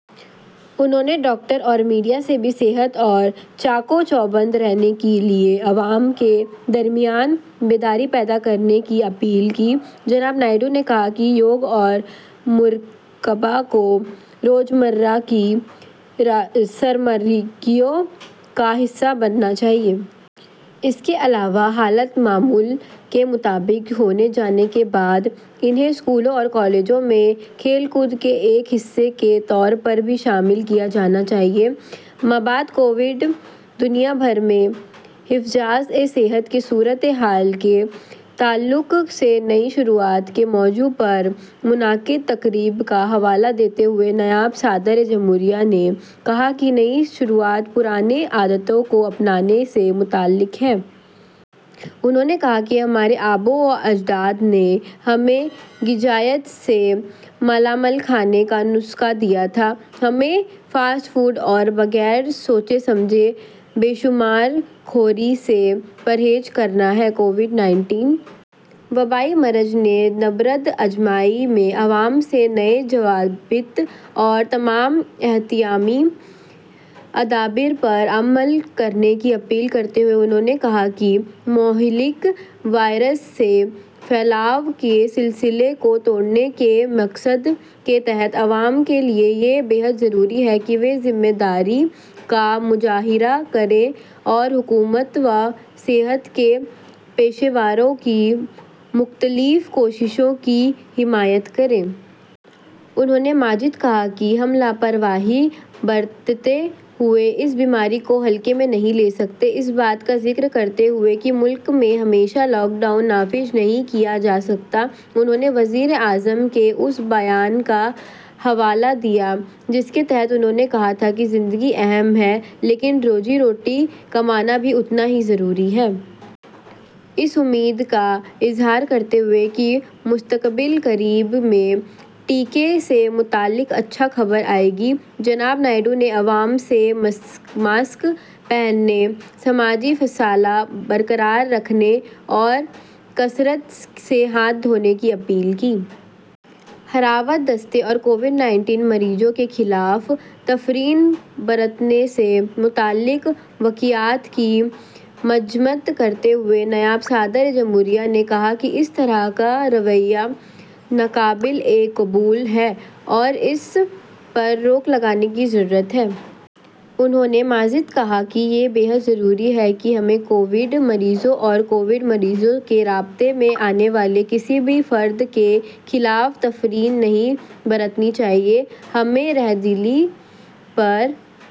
انہوں نے ڈاکٹروں اور میڈیا سے بھی صحت اور چاق و چوبند رہنے کے لئے عوام کے درمیان بیداری پیدا کرنے کی اپیل کی۔ جناب نائیڈو نے کہا کہ یوگا اور مراقبہ کو روزمرہ کی سرگرمیوں کا حصہ بنانا چاہئے۔ اس کے علاوہ حالات معمول کے مطابق ہو جانے کے بعد انہیں اسکولوں اور کالجوں میں کھیل کود میں ایک حصے طور پر بھی شامل کیا جانا چاہئے۔ مابعد کووِڈ دنیا بھر میں حفظانِ صحت کی صورتحال کے تعلق سے نئی شروعات کے موضوع پر منعقدہ تقریب کا حوالہ دیتے ہوئے نائب صدر جمہوریہ نے کہا کہ نئی شروعات پرانی عادتوں کو اپنانے سے متعلق ہے۔ انہوں نے کہا کہ، ''ہمارے آباو اجداد نے ہمیں غذائیت سے مالامال کھانوں کا نسخہ دیا تھا۔ ہمیں فاسٹ فوڈ اور بغیر سوچے سمجھے بسیار خوری سے پرہیز کرنا چاہئے۔ '' کووِڈ انیس وبائی مرض سے نبردآزمائی میں عوام سے نئے ضوابط اور تمام احتیاطی تدابیر پر عمل کرنے کی اپیل کرتے ہوئے انہوں نے کہا کہ مہلک وائرس کے پھیلاؤ کے سلسلے کو توڑنے کے مقصد کے تحت عوام کے لئے یہ ازحد ضروری ہے کہ وہ ذمہ داری کا مظاہرہ کریں اور حکومت و صحتی پیشہ واران کی کثیر النوع کوششوں کی حمایت کریں۔ انہوں نے مزید کہا کہ، ''ہم لاپرواہی برتنے ہوئے اس بیماری کو ہلکے میں نہیں لے سکتے۔ '' اس بات کا ذکر کرتے ہوئے کہ ملک میں ہمیشہ لاک ڈاؤن نافذ نہیں کیا جا سکتا، انہوں نے وزیر اعظم کے اس بیان کا حوالہ دیا جس کے تحت انہوں نے کہا تھا کہ زندگی اہم ہے لیکن روز روٹی کمانا بھی اتنا ہی ضروری ہے۔ اس امید کا اظہار کرتے ہوئے کہ مستقبل قریب میں ٹیکہ سے متعلق اچھی خبر آئے گی، جناب نائیڈو نے عوام سے ماسک پہننے، سماجی فاصلہ برقرار رکھنے اور کثرت سے ہاتھ دھونے کی اپیل کی۔ ہراول دستے اور کووِڈ انیس مریضوں کے خلاف تفریق برتنے سے متعلق واقعات کی مذمت کرتے ہوئے نائب صدر جمہوریہ نے کہا کہ اس طرح کا رویہ ناقابل تسلیم ہے اور اس پر روک لگانے کی ضرورت ہے۔ انہوں نے مزید کہا کہ، ''یہ ازحد ضروری ہے کہ ہمیں کووِڈ مریضوں اور کووِڈ مریضوں کے رابطے میں آنے والے کسی بھی فرد کے خلاف تفریق نہیں برتنی چاہئے۔ ہمیں رحم دلی پر